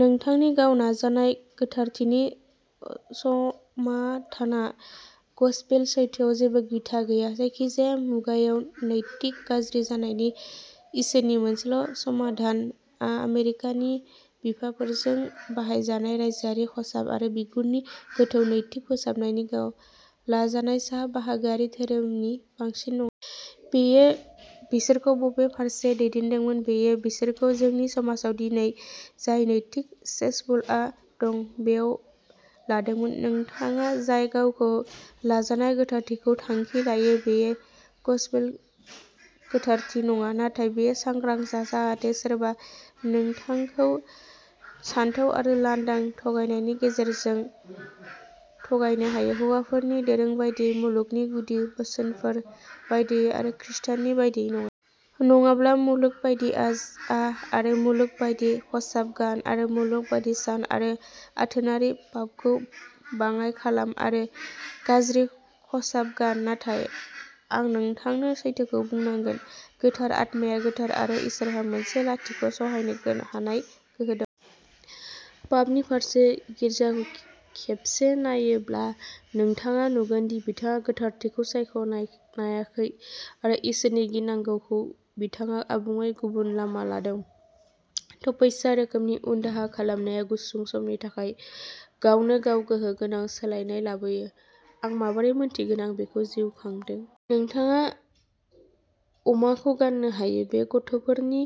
नोंथांनि गाव नाजानाय गोथारथिनि समाधानहा गसपेल सैथोआव जेबो बिथा गैया। जायखिजाया मुगायाव नैतिक गाज्रि जानायनि इसोरनि मोनसेल' समाधानआ आमेरिकानि बिफाफोरजों बाहायजानाय बायजोआरि खसाब आरो बिगुरनि गोथौ नैतिक फोसाबनायनि गाव लाजानाय सा बाहागोआरि धोरोमनि बांसिन न। बेयो बिसोरखौ बबे फारसे दैदेनदोंमोन बेयो बिसोरखौ जोंनि समाजआ दिनै जाय नैतिक सेसपुलआव दं, बैयाव लांदोंमोन। नोंथाङा जाय गावखौ लाजानाय गोथारथिखौ थांखि लायो, बेयो गसपेल गोथारथि नङा, नाथाय बेयो सांग्रां जा जाहाथे सोरबा नोंथांखौ सानथौ आरो लांदां थगायनायनि गेजेरजों थगायनो हायो, हौवाफोरनि दोरों बायदियै, मुलुगनि गुदि बोसोनफोर बायदियै आरो खृष्टनि बायदियै नङा। नङाब्ला मुलुग बायदि आ जा आरो मुलुग बायदि खसाब गान् आरो मुलुग बायदि सान आरो आथोनारि पापखौ बाङाइ खालाम आरो गाज्रि खसाब गान। नाथाय आं नोंथांनो सैथोखौ बुंनांगोन, गोथार आत्माया गोथार आरो इसोरहा मोनसे लाथिख' सहायनो हानाय गोहो दं। पापनि फारसे। गिर्जाखौ खेबसे नायब्ला नोंथाङा नुगोन दि बिथाङा गोथारथिखौ सायख'नाय नायाखै आरो इसोरनि गिनांगौखौ बिथाङा आबुङै गुबुन लामा लादों। तपस्या रोखोमनि उनदाहा खालामनाया गुसुं समनि थाखाय गावनो गाव गोहो गोनां सोलायनाय लाबोयो। आं माबोरै मिन्थिगोन आं बेखौ जिउ खांदों। नोंथाङा अमाखौ गान्नो हायो, बेयो गथ'फोरनि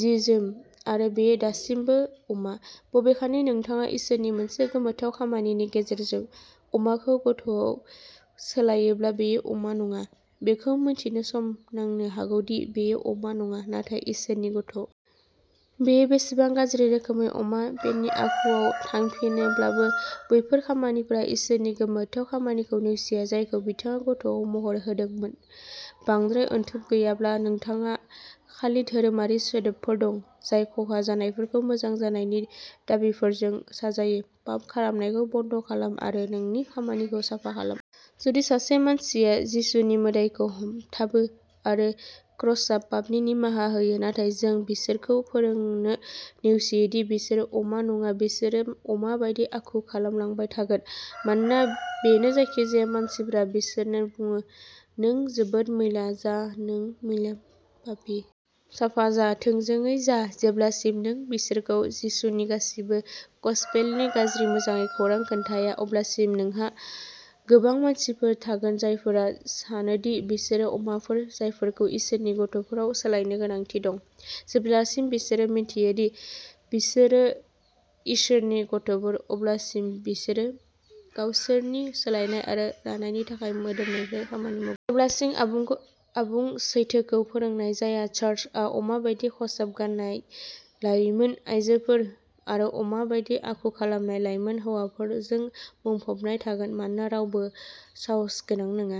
जि-जोम आरो बेयो दासिमबो अमा। बबेखानि नोंथाङा इसोरनि मोनसे गोमोथाव खामानिनि गेजेरजों अमाखौ गथ'आव सोलायोब्ला बेयो अमा नङा। बेखौ मिथिनो सम नांनो हागौ दि बेयो अमा नङा, नाथाय इसोरनि गथ'। बेयो बेसेबां गाज्रि रोखोमै अमा पेननि आखुआव थांफिनोब्लाबो बैफोर खामानिफोरा इसोरनि गोमोथाव खामानिखौ नेवसिया, जायखौ बिथाङा गथ'आव महर होदोंमोन। बांद्राय अनथोब गैयाब्ला नोंथाङा खालि धोरोमारि सोदोबफोर दं, जाय खहा जानायफोरखौ मोजां जानायनि दाबिफोरजों साजायो, पाप खालामनायखौ बन्द खालाम आरो नोंनि खामानिखौ साफा खालाम। जुदि सासे मानसिया जिसुनि मोदाइखौ हमथाबो आरो क्रसआ पापनि निमाहा होयो, नाथाय नों बिसोरखौ फोरोंनो नेवसियो दि बिसोरो अमा नङा, बिसोरो अमा बायदि आखु खालामलांबाय थागोन मानोना बेनो जायखिजाया मानसिफ्रा बिसोरनो बुङो। नों जोबोद मैला जा, नों मैला पापी। साफा जा। थोंजोङै जा। जेब्लासिम नों बिसोरखौ जिसुनि गासिबो गसपेलनि गाज्रि मोजां खौरां खोन्थाया, अब्लासिम नोंहा गोबां मानसिफोर थागोन, जायफोरा सानो दि बिसोरो अमाफोर, जायफोरखौ इसोरनि गथ'फोराव सोलायनो गोनांथि दं। जोबजासिम बिसोरो मिन्थिया दि बिसोरो इसोरनि गथ'फोर, अब्लासिम बिसोरो गावसोरनि सोलायनाय आरो रानायनि थाखाय मोदोमनिफ्राय खामानि माव। जेब्लासिम आबुंखौ आबुं सैथोखौ फोरोंनाय जाया, चार्चआ अमा बायदि खसाब गान्नाय लाइमोन आयजोफोर आरो अमा बायदि आखु खालामनाय लाइमोन हौवाफोरजों बुंफबनाय थागोन, मानोना रावबो साहसगोनां नङा।